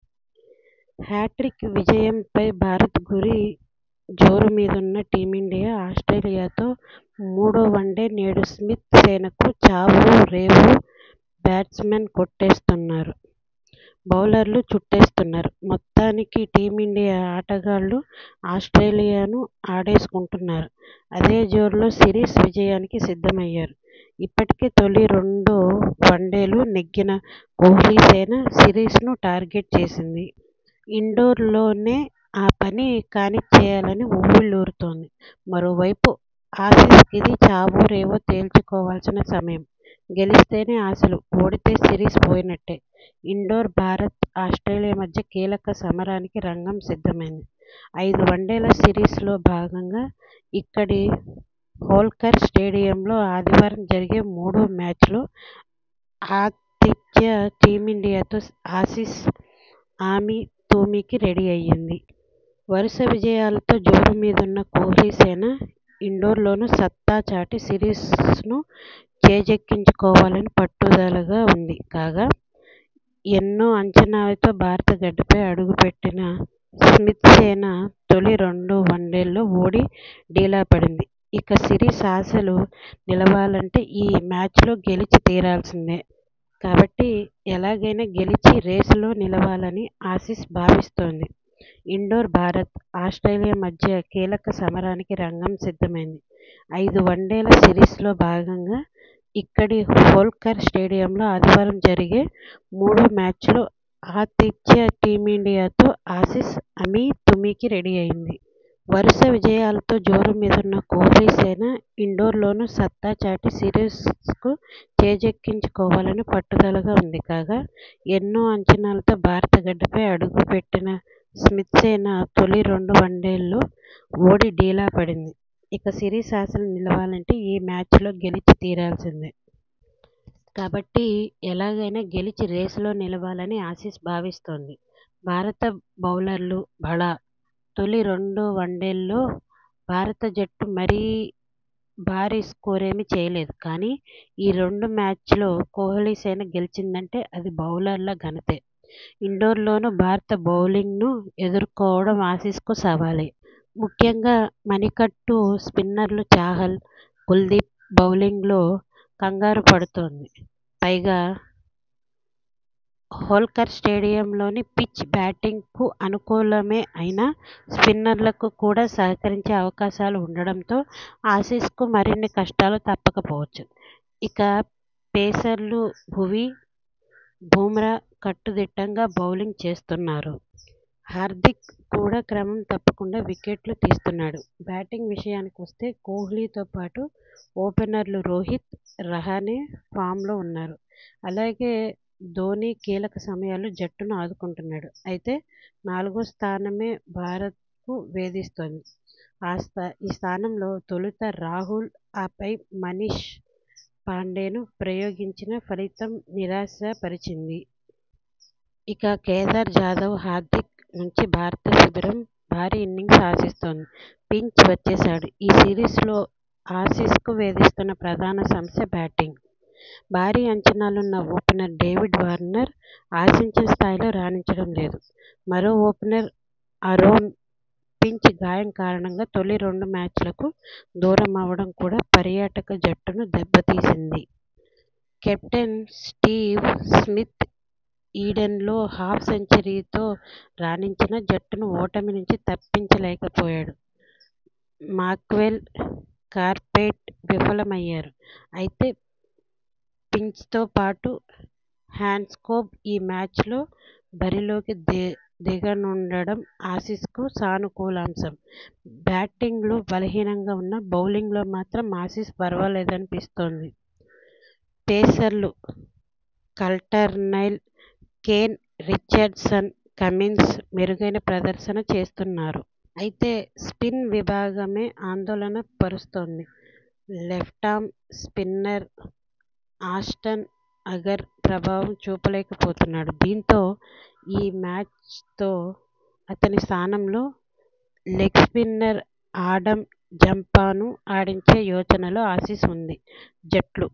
Hat trick విజయం పై భారత్ గురి జోరుమీదున్న టీమిండియా ఆస్ట్రేలియా తో మూడో వన్డే నేడు స్మిత్ సేనకు చావో రేవోబ్యాట్స్మెన్ కొట్టేస్తున్నారు, బౌలర్లు చుట్టేస్తున్నారు, మొత్తానికి టీమిండియా ఆటగాళ్లు ఆస్ట్రేలియా ను ఆడేసుకుంటున్నారు! అదే జోరులో సిరీస్ విజయానికి సిద్ధమయ్యారు! ఇప్పటికే తొలి రెండో వన్డేలు నెగ్గిన కోహ్లీసేన సిరీస్ను టార్గెట్ చేసింది! ఇండోర్లోనే ఆ పని కానిచ్చేయాలని ఉవ్విళ్లూరుతోంది! మరో వైపు ఆసీస్కిది చావో రేవో తేల్చుకోవాల్సిన సమయం! గెలిస్తేనే ఆశలు, ఓడితే సిరీస్ పోయినట్టే! ఇండోర్ భారత్, ఆస్ట్రేలియా మధ్య కీలక సమరానికి రంగం సిద్ధమైంది. ఐదు వన్డేల సిరీస్లో భాగంగా ఇక్కడి హోల్కర్ స్టేడియంలో ఆదివారం జరిగే మూడో మ్యాచ్లో ఆతిథ్య టీమిండియాతో ఆసీస్ అమీ తుమీకి రెడీ అయింది. వరుస విజయాలతో జోరు మీదున్న కోహ్లీ సేన ఇండోర్లోనూ సత్తాచాటి సిరీస్ను చేజిక్కించుకోవాలని పట్టుదలగా ఉంది. కాగా, ఎన్నోఅంచనాలతో భారత గడ్డపై అడుగు పెట్టిన స్మిత్సేన తొలి రెండో వన్డేల్లో ఓడి డీలా పడింది. ఇక సిరీస్ ఆశలు నిలవాలంటే ఈ మ్యాచ్లో గెలిచి తీరాల్సిందే. కాబట్టి ఎలాగైనా గెలిచి రేసులో నిలవాలని ఆసీస్ భావిస్తోంది! ఇండోర్ భారత్, ఆస్ట్రేలియా మధ్య కీలక సమరానికి రంగం సిద్ధమైంది. ఐదు వన్డేల సిరీస్లో భాగంగా ఇక్కడి హోల్కర్ స్టేడియం లో ఆదివారం జరిగే మూడో మ్యాచ్లో ఆతిథ్య టీమిండియా తో ఆసీస్ అమీ తుమీకి రెడీ అయింది. వరుస విజయాలతో జోరు మీదున్న కోహ్లీ సేన ఇండోర్లోనూ సత్తాచాటి సిరీస్కు చేజిక్కించుకోవాలని పట్టుదలగా ఉంది. కాగా, ఎన్నోఅంచనాలతో భారత గడ్డపై అడుగు పెట్టిన స్మిత్సేన తొలి రెండు వన్డేల్లో ఓడి డీలా పడింది. ఇక సిరీస్ ఆశలు నిలవాలంటే ఈ మ్యాచ్లో గెలిచి తీరాల్సిందే. కాబట్టి ఎలాగైనా గెలిచి రేసులో నిలవాలని ఆసీస్ భావిస్తోంది! భారత బౌలర్లు భళా.. తొలి రెండు వన్డేల్లో భారత జట్టు మరీ భారీ స్కోరేమీ చేయలేదు. కానీ, ఈ రెండు మ్యాచ్ల్లో కోహ్లీసేన గెలిచిందంటే అది బౌలర్ల ఘనతే. ఇండోర్లోనూ భారత బౌలింగ్ను ఎదుర్కోవ డం ఆసీస్కు సవాలే. ముఖ్యంగా మణి కట్టు స్పిన్నర్లు చాహల్, కుల్దీప్ బౌలింగ్లో కంగారు పడుతోంది. పైగా హోల్కర్ స్టేడియం లోని పిచ్ బ్యాటింగ్కు అనుకూలమే అయినా స్పిన్నర్లకు కూడా సహకరించే అవకాశాలు ఉండడంతో ఆసీస్కు మరిన్ని కష్టాలు తప్పక పోవచ్చు. ఇక పేసర్లు భువీ, బుమ్రా కట్టు దిట్టంగా బౌలింగ్ చేస్తున్నారు. హార్దిక్ కూడా క్రమం తప్పకుండా వికెట్లు తీస్తున్నా డు. బ్యాటింగ్ విషయాని కొస్తే, కోహ్లీతో పాటు ఓపెనర్లు రోహిత్, రహానె ఫామ్లో ఉన్నారు. అలాగే ధోనీ కీలక సమయాలు జట్టును ఆదుకుంటున్నాడు. అయితే నాలుగో స్థానమే భారత్కు వేధిస్తోంది.అ స్థా ఈ స్థానంలో తొలుత రాహుల్, ఆపై మనీష్ పాండేను ప్రయోగించినా ఫలితం నిరాశ పరిచింది. ఇక కేదార్ జాదవ్, హార్దిక్ నుంచి భారత శిబిరం భారీ ఇన్నింగ్స్ ఆశిస్తోంది. ఫించ్ వచ్చేశాడు.. ఈ సిరీస్లో ఆసీస్కు వేధిస్తున్న ప్రధాన సమస్య బ్యాటింగ్. భారీ అంచనాలున్న ఓపెనర్ డేవిడ్ వార్నర్ ఆశించిన స్థాయిలో రాణించడం లేదు. మరో ఓపెనర్ ఆరోన్ ఫించ్ గాయం కారణం గా తొలి రెండు మ్యాచ్లకు దూరమవడం కూడా పర్యాటక జట్టును దెబ్బ తీసింది. కెప్టెన్ స్టీవ్ స్మిత్ ఈడెన్లో హాఫ్ సెంచరీ తో రాణించినా జట్టును ఓటమినుంచి తప్పించ లేకపోయాడు. మాక్వెల్, కార్పేట్ విఫల మయ్యారు. అయితే ఫించ్తోపాటు హ్యాండ్స్కోంబ్ ఈ మ్యాచ్లో బరిలోకి ది దిగనుండడం ఆసీస్కు సానుకూలాంశం. బ్యాటింగ్లో బలహీనంగా ఉన్నా బౌలింగ్లో మాత్రం ఆసీస్ పర్వాలేదనిపిస్తోంది. పేసర్లు కల్టర్నైల్, కేన్ రిచర్డ్సన్, కమిన్స్ మెరుగైన ప్రదర్శన చేస్తున్నారు. అయితే స్పిన్ విభాగమే ఆందోళన పరుస్తోంది. లెఫ్టామ్ స్పిన్నర్ ఆస్టన్ అగర్ ప్రభావం చూపలేక పోతున్నాడు. దీంతో ఈ మ్యాచ్తో అతని స్థానంలో లెగ్స్పిన్నర్ ఆడమ్ జంపాను ఆడించే యోచనలో ఆసీస్ ఉంది. జట్లు